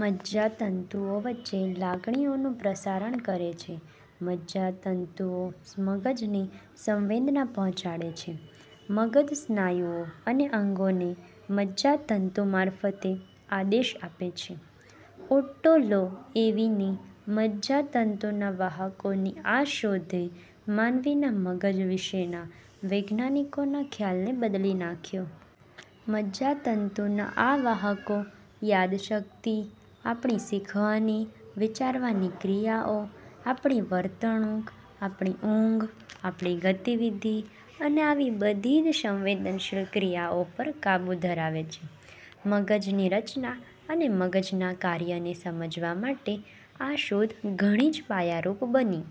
મજજા તંતુઓ વચ્ચે લાગણીઓનું પ્રસારણ કરે છે. મજજાતંતુઓ મગજને સંવેદના પહોંચાડે છે. મગજ સ્નાયુઓ અને અંગોને મજ્જાતંતુ મારફતે આદેશ આપે છે. ઓટ્ટો લોએવીની મજજાતંતુના વાહકોની આ શોધે માનવીના મગજ વિષેના વૈજ્ઞાનિકોના ખ્યાલને બદલી નાંખ્યો. મજ્જાતંતુના આ વાહકો યાદશક્તિ, આપણી શીખવાની, વિચારવાની ક્રિયાઓ, આપણી વર્તણુક, આપણી ઊંઘ, આપણી ગતિવિધિ અને આવી બધી જ સંવેદનશીલ ક્રિયાઓ પર કાબુ ધરાવે છે. મગજની રચના અને મગજના કાર્યને સમજવા માટે આ શોધ ઘણી જ પાયારૂપ બની.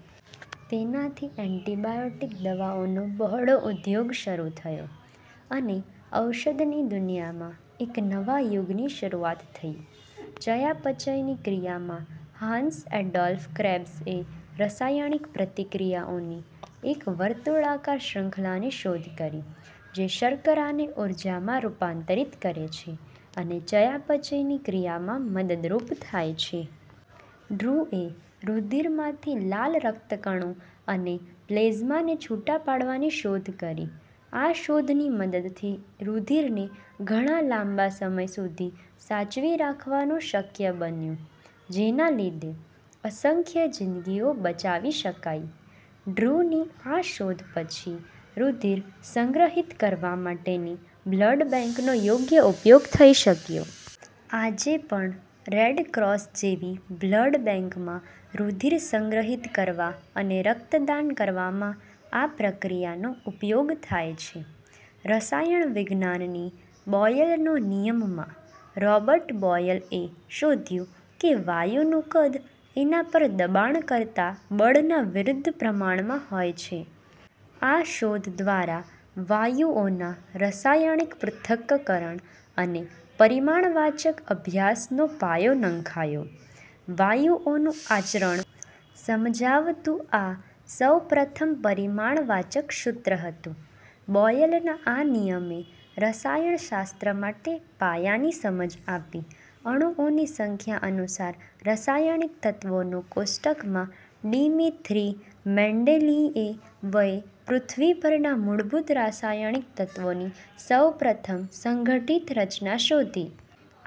તેનાથી એન્ટિબાયોટિક દવાઓનો બહોળો ઉદ્યોગ શરુ થયો અને ઔષધની દુનિયામાં એક નવા યુગની શરૂઆત થઇ. ચયાપચયની ક્રિયા માં હાન્સ એડોલ્ફ ક્રેબ્સએ રસાયણિક પ્રતિક્રિયાઓની એક વર્તુળાકાર શ્રુંખલાની શોધ કરી જે શર્કરાને ઊર્જામાં રૂપાંતરિત કરે છે અને ચયાપચયની ક્રિયામાં મદદરૂપ થાય છે. ડ્રયુએ, રુધિરમાંથી લાલ રક્તકણો અને પ્લેઝમાને છુટા પાડવાની શોધ કરી. આ શોધની મદદથી રુધિરને ઘણા લાંબા સમય સુધી સાચવી રાખવાનું શક્ય બન્યું જેના લીધે અસંખ્ય જીન્દગીઓ બચાવી શકાઇ. ડ્રયુની આ શોધ પછી રુધિર સંગ્રહિત કરવા માટેની બ્લડ બેંકનો યોગ્ય ઉપયોગ થઇ શક્યો. આજે પણ રેડક્રોસ જેવી બ્લડ બેંકમાં રુધિર સંગ્રહિત કરવા અને રક્તદાન કરવામાં આ પ્રક્રિયાનો ઉપયોગ થાય છે. રસાયણ વિજ્ઞાનની બોયલનો નિયમ માં રોબર્ટ બોયલએ શોધ્યું કે વાયુનું કદ એના પર દબાણ કરતા બળના વિરુદ્ધ પ્રમાણમાં હોય છે. આ શોધ દ્વારા વાયુઓના રસાયણિક પૃથક્કરણ અને પરિમાણવાચક અભ્યાસનો પાયો નંખાયો. વાયુઓનું આચરણ સમજાવતું આ સૌપ્રથમ પરિમાણવાચક સૂત્ર હતું. બોયલના આ નિયમે રસાયણશાસ્ત્ર માટે પાયાની સમજ આપી. અણુઓની સંખ્યા અનુસાર રસાયણિક તત્વોનું કોષ્ટક માં ડીમીત્રી મેન્ડેલીયેવએ પૃથ્વી પરના મૂળભૂત રસાયણિક તત્વોની સૌપ્રથમ સંઘટિત રચના શોધી.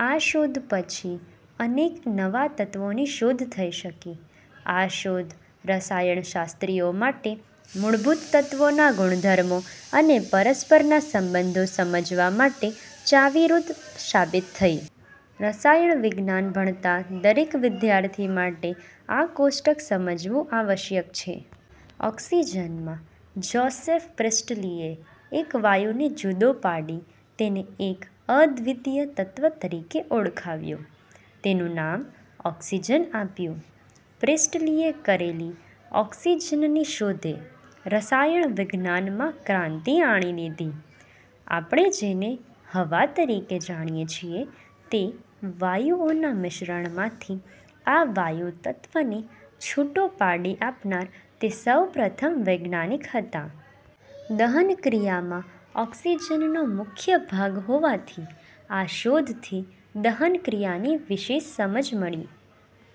આ શોધ પછી અનેક નવા તત્વોની શોધ થઇ શકી. આ શોધ રસાયણશાસ્ત્રીઓ માટે મૂળભૂત તત્વોના ગુણધર્મો અને પરસ્પરના સંબંધો સમજવા માટે ચાવીરૂપ સાબિત થઇ. રસાયણવિજ્ઞાન ભણતા દરેક વિદ્યાર્થી માટે આ કોષ્ટક સમજવું આવશ્યક છે. ઓકસીજન માં જોસેફ પ્રિસ્ટલીએ એક વાયુને જુદો પાડી તેને એક અદ્વિતીય તત્વ તરીકે ઓળખાવ્યો. તેનું નામ ઓકસીજન આપ્યું. પ્રિસ્ટલીએ કરેલી ઓકસીજનની શોધે રસાયણ વિજ્ઞાનમાં ક્રાંતિ આણી દીધી. આપણે જેને "હવા" તરીકે જાણીએ છીએ તે વાયુઓના મિશ્રણમાંથી આ વાયુ તત્વને છૂટો પાડી આપનાર તે સૌપ્રથમ વૈજ્ઞાનિક હતા. દહનક્રિયામાં ઓકસીજનનો મુખ્ય ભાગ હોવાથી આ શોધથી દહનક્રિયાની વિશેષ સમજ મળી.